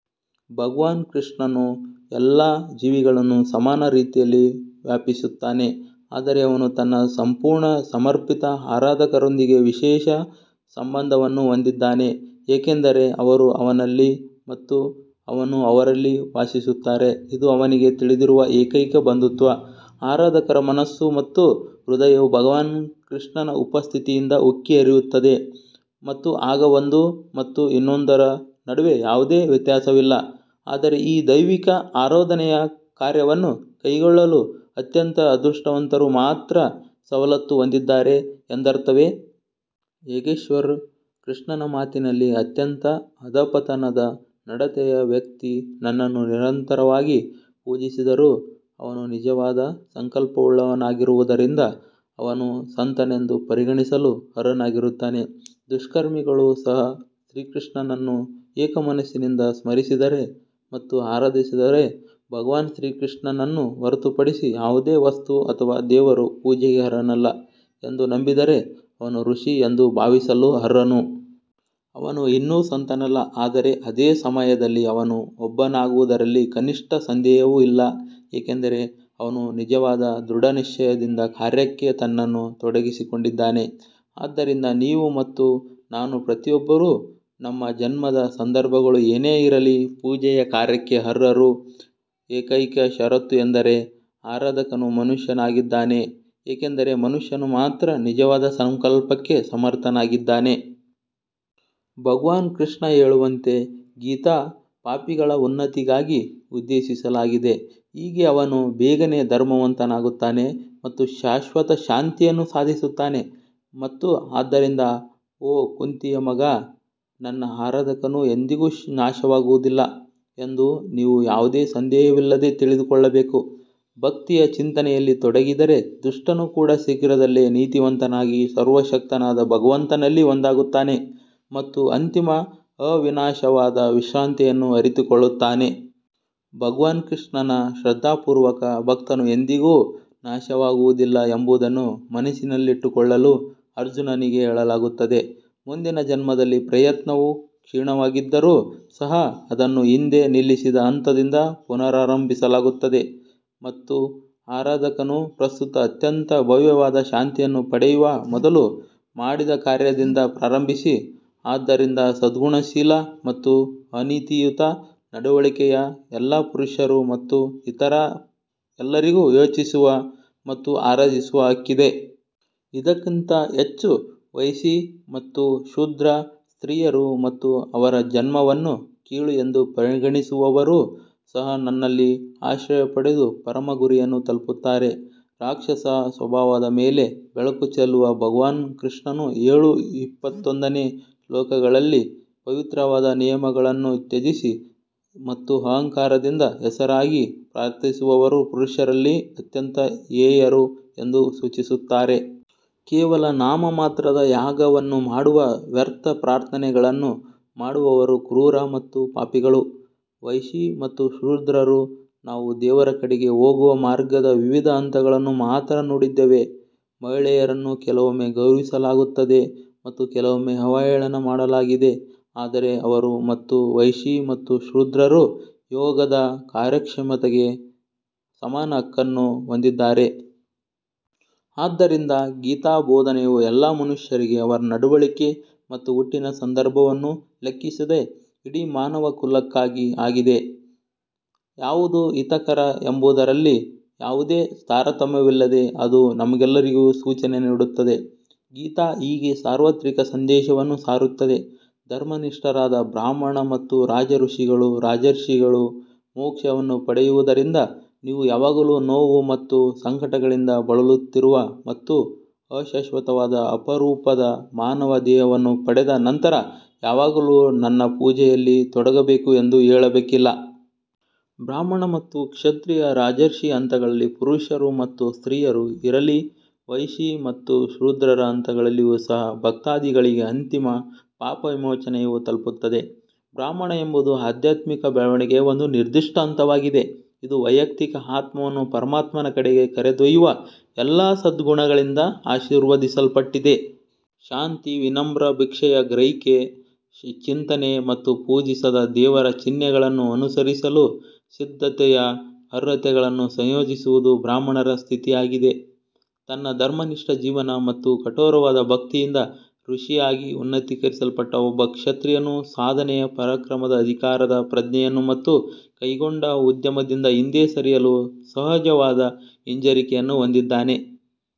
ಭಗವಾನ್ ಕೃಷ್ಣನು ಎಲ್ಲಾ ಜೀವಿಗಳನ್ನು ಸಮಾನ ರೀತಿಯಲ್ಲಿ ವ್ಯಾಪಿಸುತ್ತಾನೆ ಆದರೆ ಅವನು ತನ್ನ ಸಂಪೂರ್ಣ ಸಮರ್ಪಿತ ಆರಾಧಕರೊಂದಿಗೆ ವಿಶೇಷ ಸಂಬಂಧವನ್ನು ಹೊಂದಿದ್ದಾನೆ ಏಕೆಂದರೆ ಅವರು ಅವನಲ್ಲಿ ಮತ್ತು ಅವನು ಅವರಲ್ಲಿ ವಾಸಿಸುತ್ತಾರೆ ಇದು ಅವನಿಗೆ ತಿಳಿದಿರುವ ಏಕೈಕ ಬಂಧುತ್ವ. ಆರಾಧಕರ ಮನಸ್ಸು ಮತ್ತು ಹೃದಯವು ಭಗವಾನ್ ಕೃಷ್ಣನ ಉಪಸ್ಥಿತಿಯಿಂದ ಉಕ್ಕಿ ಹರಿಯುತ್ತದೆ ಮತ್ತು ಆಗ ಒಂದು ಮತ್ತು ಇನ್ನೊಂದರ ನಡುವೆ ಯಾವುದೇ ವ್ಯತ್ಯಾಸವಿಲ್ಲ ಆದರೆ ಈ ದೈವಿಕ ಆರಾಧನೆಯ ಕಾರ್ಯವನ್ನು ಕೈಗೊಳ್ಳಲು ಅತ್ಯಂತ ಅದೃಷ್ಟವಂತರು ಮಾತ್ರ ಸವಲತ್ತು ಹೊಂದಿದ್ದಾರೆ ಎಂದರ್ಥವೇ? ಯೋಗೇಶ್ವರ್ ಕೃಷ್ಣನ ಮಾತಿನಲ್ಲಿ ಅತ್ಯಂತ ಅಧಃಪತನದ ನಡತೆಯ ವ್ಯಕ್ತಿ ನನ್ನನ್ನು ನಿರಂತರವಾಗಿ ಪೂಜಿಸಿದರೂ ಅವನು ನಿಜವಾದ ಸಂಕಲ್ಪವುಳ್ಳವನಾಗಿರುವುದರಿಂದ ಅವನು ಸಂತನೆಂದು ಪರಿಗಣಿಸಲು ಅರ್ಹನಾಗಿರುತ್ತಾನೆ. ದುಷ್ಕರ್ಮಿಗಳು ಸಹ ಶ್ರೀಕೃಷ್ಣನನ್ನು ಏಕಮನಸ್ಸಿನಿಂದ ಸ್ಮರಿಸಿದರೆ ಮತ್ತು ಆರಾಧಿಸಿದರೆ ಭಗವಾನ್ ಶ್ರೀಕೃಷ್ಣನನ್ನು ಹೊರತುಪಡಿಸಿ ಯಾವುದೇ ವಸ್ತು ಅಥವಾ ದೇವರು ಪೂಜೆಗೆ ಅರ್ಹನಲ್ಲ ಎಂದು ನಂಬಿದರೆ ಅವನು ಋಷಿ ಎಂದು ಭಾವಿಸಲು ಅರ್ಹನು. ಅವನು ಇನ್ನೂ ಸಂತನಲ್ಲ ಆದರೆ ಅದೇ ಸಮಯದಲ್ಲಿ ಅವನು ಒಬ್ಬನಾಗುವುದರಲ್ಲಿ ಕನಿಷ್ಠ ಸಂದೇಹವೂ ಇಲ್ಲ ಏಕೆಂದರೆ ಅವನು ನಿಜವಾದ ದೃಢನಿಶ್ಚಯದಿಂದ ಕಾರ್ಯಕ್ಕೆ ತನ್ನನ್ನು ತೊಡಗಿಸಿಕೊಂಡಿದ್ದಾನೆ. ಆದ್ದರಿಂದ ನೀವು ಮತ್ತು ನಾನು ಪ್ರತಿಯೊಬ್ಬರೂ ನಮ್ಮ ಜನ್ಮದ ಸಂದರ್ಭಗಳು ಏನೇ ಇರಲಿ ಪೂಜೆಯ ಕಾರ್ಯಕ್ಕೆ ಅರ್ಹರು. ಏಕೈಕ ಷರತ್ತು ಎಂದರೆ ಆರಾಧಕನು ಮನುಷ್ಯನಾಗಿದ್ದಾನೆ ಏಕೆಂದರೆ ಮನುಷ್ಯನು ಮಾತ್ರ ನಿಜವಾದ ಸಂಕಲ್ಪಕ್ಕೆ ಸಮರ್ಥನಾಗಿದ್ದಾನೆ. ಭಗವಾನ್ ಕೃಷ್ಣ ಹೇಳುವಂತೆ ಗೀತಾ ಪಾಪಿಗಳ ಉನ್ನತಿಗಾಗಿ ಉದ್ದೇಶಿಸಲಾಗಿದೆ. ಹೀಗೆ ಅವನು ಬೇಗನೇ ಧರ್ಮವಂತನಾಗುತ್ತಾನೆ ಮತ್ತು ಶಾಶ್ವತ ಶಾಂತಿಯನ್ನು ಸಾಧಿಸುತ್ತಾನೆ ಮತ್ತು ಆದ್ದರಿಂದ ಓ ಕುಂತಿಯ ಮಗ ನನ್ನ ಆರಾಧಕನು ಎಂದಿಗೂ ನಾಶವಾಗುವುದಿಲ್ಲ ಎಂದು ನೀವು ಯಾವುದೇ ಸಂದೇಹವಿಲ್ಲದೆ ತಿಳಿದುಕೊಳ್ಳಬೇಕು. ಭಕ್ತಿಯ ಚಿಂತನೆಯಲ್ಲಿ ತೊಡಗಿದರೆ ದುಷ್ಟನು ಕೂಡ ಶೀಘ್ರದಲ್ಲೇ ನೀತಿವಂತನಾಗಿ ಸರ್ವಶಕ್ತನಾದ ಭಗವಂತನಲ್ಲಿ ಒಂದಾಗುತ್ತಾನೆ ಮತ್ತು ಅಂತಿಮ ಅವಿನಾಶವಾದ ವಿಶ್ರಾಂತಿಯನ್ನು ಅರಿತುಕೊಳ್ಳುತ್ತಾನೆ. ಭಗವಾನ್ ಕೃಷ್ಣನ ಶ್ರದ್ಧಾಪೂರ್ವಕ ಭಕ್ತನು ಎಂದಿಗೂ ನಾಶವಾಗುವುದಿಲ್ಲ ಎಂಬುದನ್ನು ಮನಸ್ಸಿನಲ್ಲಿಟ್ಟುಕೊಳ್ಳಲು ಅರ್ಜುನನಿಗೆ ಹೇಳಲಾಗುತ್ತದೆ. ಮುಂದಿನ ಜನ್ಮದಲ್ಲಿ ಪ್ರಯತ್ನವು ಕ್ಷೀಣವಾಗಿದ್ದರೂ ಸಹ ಅದನ್ನು ಹಿಂದೆ ನಿಲ್ಲಿಸಿದ ಹಂತದಿಂದ ಪುನರಾರಂಭಿಸಲಾಗುತ್ತದೆ ಮತ್ತು ಆರಾಧಕನು ಪ್ರಸ್ತುತ ಅತ್ಯಂತ ಭವ್ಯವಾದ ಶಾಂತಿಯನ್ನು ಪಡೆಯುವ ಮೊದಲು ಮಾಡಿದ ಕಾರ್ಯದಿಂದ ಪ್ರಾರಂಭಿಸಿ. ಆದ್ದರಿಂದ ಸದ್ಗುಣಶೀಲ ಮತ್ತು ಅನೀತಿಯುತ ನಡವಳಿಕೆಯ ಎಲ್ಲಾ ಪುರುಷರು ಮತ್ತು ಇತರ ಎಲ್ಲರಿಗೂ ಯೋಚಿಸುವ ಮತ್ತು ಆರಾಧಿಸುವ ಹಕ್ಕಿದೆ. ಇದಕ್ಕಿಂತ ಹೆಚ್ಚು ವೈಶಿ ಮತ್ತು ಶೂದ್ರ ಸ್ತ್ರೀಯರು ಮತ್ತು ಅವರ ಜನ್ಮವನ್ನು ಕೀಳು ಎಂದು ಪರಿಗಣಿಸುವವರೂ ಸಹ ನನ್ನಲ್ಲಿ ಆಶ್ರಯ ಪಡೆದು ಪರಮ ಗುರಿಯನ್ನು ತಲುಪುತ್ತಾರೆ. ರಾಕ್ಷಸ ಸ್ವಭಾವದ ಮೇಲೆ ಬೆಳಕು ಚೆಲ್ಲುವ ಭಗವಾನ್ ಕೃಷ್ಣನು ಏಳು ಇಪ್ಪತ್ತೊಂದನೇ ಶ್ಲೋಕಗಳಲ್ಲಿ ಪವಿತ್ರವಾದ ನಿಯಮಗಳನ್ನು ತ್ಯಜಿಸಿ ಮತ್ತು ಅಹಂಕಾರದಿಂದ ಹೆಸರಿಗಾಗಿ ಪ್ರಾರ್ಥಿಸುವವರು ಪುರುಷರಲ್ಲಿ ಅತ್ಯಂತ ಹೇಯರು ಎಂದು ಸೂಚಿಸುತ್ತಾರೆ. ಕೇವಲ ನಾಮಮಾತ್ರದ ಯಾಗವನ್ನು ಮಾಡುವ ವ್ಯರ್ಥ ಪ್ರಾರ್ಥನೆಗಳನ್ನು ಮಾಡುವವರು ಕ್ರೂರ ಮತ್ತು ಪಾಪಿಗಳು. ವೈಶಿ ಮತ್ತು ಶೂದ್ರರು ನಾವು ದೇವರ ಕಡೆಗೆ ಹೋಗುವ ಮಾರ್ಗದ ವಿವಿಧ ಹಂತಗಳನ್ನು ಮಾತ್ರ ನೋಡಿದ್ದೇವೆ. ಮಹಿಳೆಯರನ್ನು ಕೆಲವೊಮ್ಮೆ ಗೌರವಿಸಲಾಗುತ್ತದೆ ಮತ್ತು ಕೆಲವೊಮ್ಮೆ ಅವಹೇಳನ ಮಾಡಲಾಗಿದೆ ಆದರೆ ಅವರು ಮತ್ತು ವೈಶಿ ಮತ್ತು ಶೂದ್ರರು ಯೋಗದ ಕಾರ್ಯಕ್ಷಮತೆಗೆ ಸಮಾನ ಹಕ್ಕನ್ನು ಹೊಂದಿದ್ದಾರೆ. ಆದ್ದರಿಂದ ಗೀತಾ ಬೋಧನೆಯು ಎಲ್ಲಾ ಮನುಷ್ಯರಿಗೆ ಅವರ ನಡವಳಿಕೆ ಮತ್ತು ಹುಟ್ಟಿನ ಸಂದರ್ಭವನ್ನು ಲೆಕ್ಕಿಸದೆ ಇಡೀ ಮಾನವಕುಲಕ್ಕಾಗಿ ಆಗಿದೆ. ಯಾವುದು ಹಿತಕರ ಎಂಬುದರಲ್ಲಿ ಯಾವುದೇ ತಾರತಮ್ಯವಿಲ್ಲದೆ ಅದು ನಮಗೆಲ್ಲರಿಗೂ ಸೂಚನೆ ನೀಡುತ್ತದೆ. ಗೀತಾ ಹೀಗೆ ಸಾರ್ವತ್ರಿಕ ಸಂದೇಶವನ್ನು ಸಾರುತ್ತದೆ. ಧರ್ಮನಿಷ್ಠರಾದ ಬ್ರಾಹ್ಮಣ ಮತ್ತು ರಾಜ ಋಷಿಗಳು ರಾಜರ್ಷಿಗಳು ಮೋಕ್ಷವನ್ನು ಪಡೆಯುವುದರಿಂದ ನೀವು ಯಾವಾಗಲೂ ನೋವು ಮತ್ತು ಸಂಕಟಗಳಿಂದ ಬಳಲುತ್ತಿರುವ ಮತ್ತು ಅಶಾಶ್ವತವಾದ ಅಪರೂಪದ ಮಾನವ ದೇಹವನ್ನು ಪಡೆದ ನಂತರ ಯಾವಾಗಲೂ ನನ್ನ ಪೂಜೆಯಲ್ಲಿ ತೊಡಗಬೇಕು ಎಂದು ಹೇಳಬೇಕಿಲ್ಲ. ಬ್ರಾಹ್ಮಣ ಮತ್ತು ಕ್ಷತ್ರಿಯ ರಾಜರ್ಷಿ ಹಂತಗಳಲ್ಲಿ ಪುರುಷರು ಮತ್ತು ಸ್ತ್ರೀಯರು ಇರಲಿ ವೈಶಿ ಮತ್ತು ಶೂದ್ರರ ಹಂತಗಳಲ್ಲಿಯೂ ಸಹ ಭಕ್ತಾದಿಗಳಿಗೆ ಅಂತಿಮ ಪಾಪವಿಮೋಚನೆಯು ತಲುಪುತ್ತದೆ. ಬ್ರಾಹ್ಮಣ ಎಂಬುದು ಆಧ್ಯಾತ್ಮಿಕ ಬೆಳವಣಿಗೆಯ ಒಂದು ನಿರ್ದಿಷ್ಟ ಹಂತವಾಗಿದೆ ಇದು ವೈಯಕ್ತಿಕ ಆತ್ಮವನ್ನು ಪರಮಾತ್ಮನ ಕಡೆಗೆ ಕರೆದೊಯ್ಯುವ ಎಲ್ಲಾ ಸದ್ಗುಣಗಳಿಂದ ಆಶೀರ್ವದಿಸಲ್ಪಟ್ಟಿದೆ. ಶಾಂತಿ ವಿನಮ್ರ ಭಿಕ್ಷೆಯ ಗ್ರಹಿಕೆ ಚಿಂತನೆ ಮತ್ತು ಪೂಜಿಸಿದ ದೇವರ ಚಿಹ್ನೆಗಳನ್ನು ಅನುಸರಿಸಲು ಸಿದ್ಧತೆಯ ಅರ್ಹತೆಗಳನ್ನು ಸಂಯೋಜಿಸುವುದು ಬ್ರಾಹ್ಮಣರ ಸ್ಥಿತಿಯಾಗಿದೆ. ತನ್ನ ಧರ್ಮನಿಷ್ಠ ಜೀವನ ಮತ್ತು ಕಠೋರವಾದ ಭಕ್ತಿಯಿಂದ ಋಷಿಯಾಗಿ ಉನ್ನತೀಕರಿಸಲ್ಪಟ್ಟ ಒಬ್ಬ ಕ್ಷತ್ರಿಯನು ಸಾಧನೆಯ ಪರಾಕ್ರಮದ ಅಧಿಕಾರದ ಪ್ರಜ್ಞೆಯನ್ನು ಮತ್ತು ಕೈಗೊಂಡ ಉದ್ಯಮದಿಂದ ಹಿಂದೆ ಸರಿಯಲು ಸಹಜವಾದ ಹಿಂಜರಿಕೆಯನ್ನು ಹೊಂದಿದ್ದಾನೆ.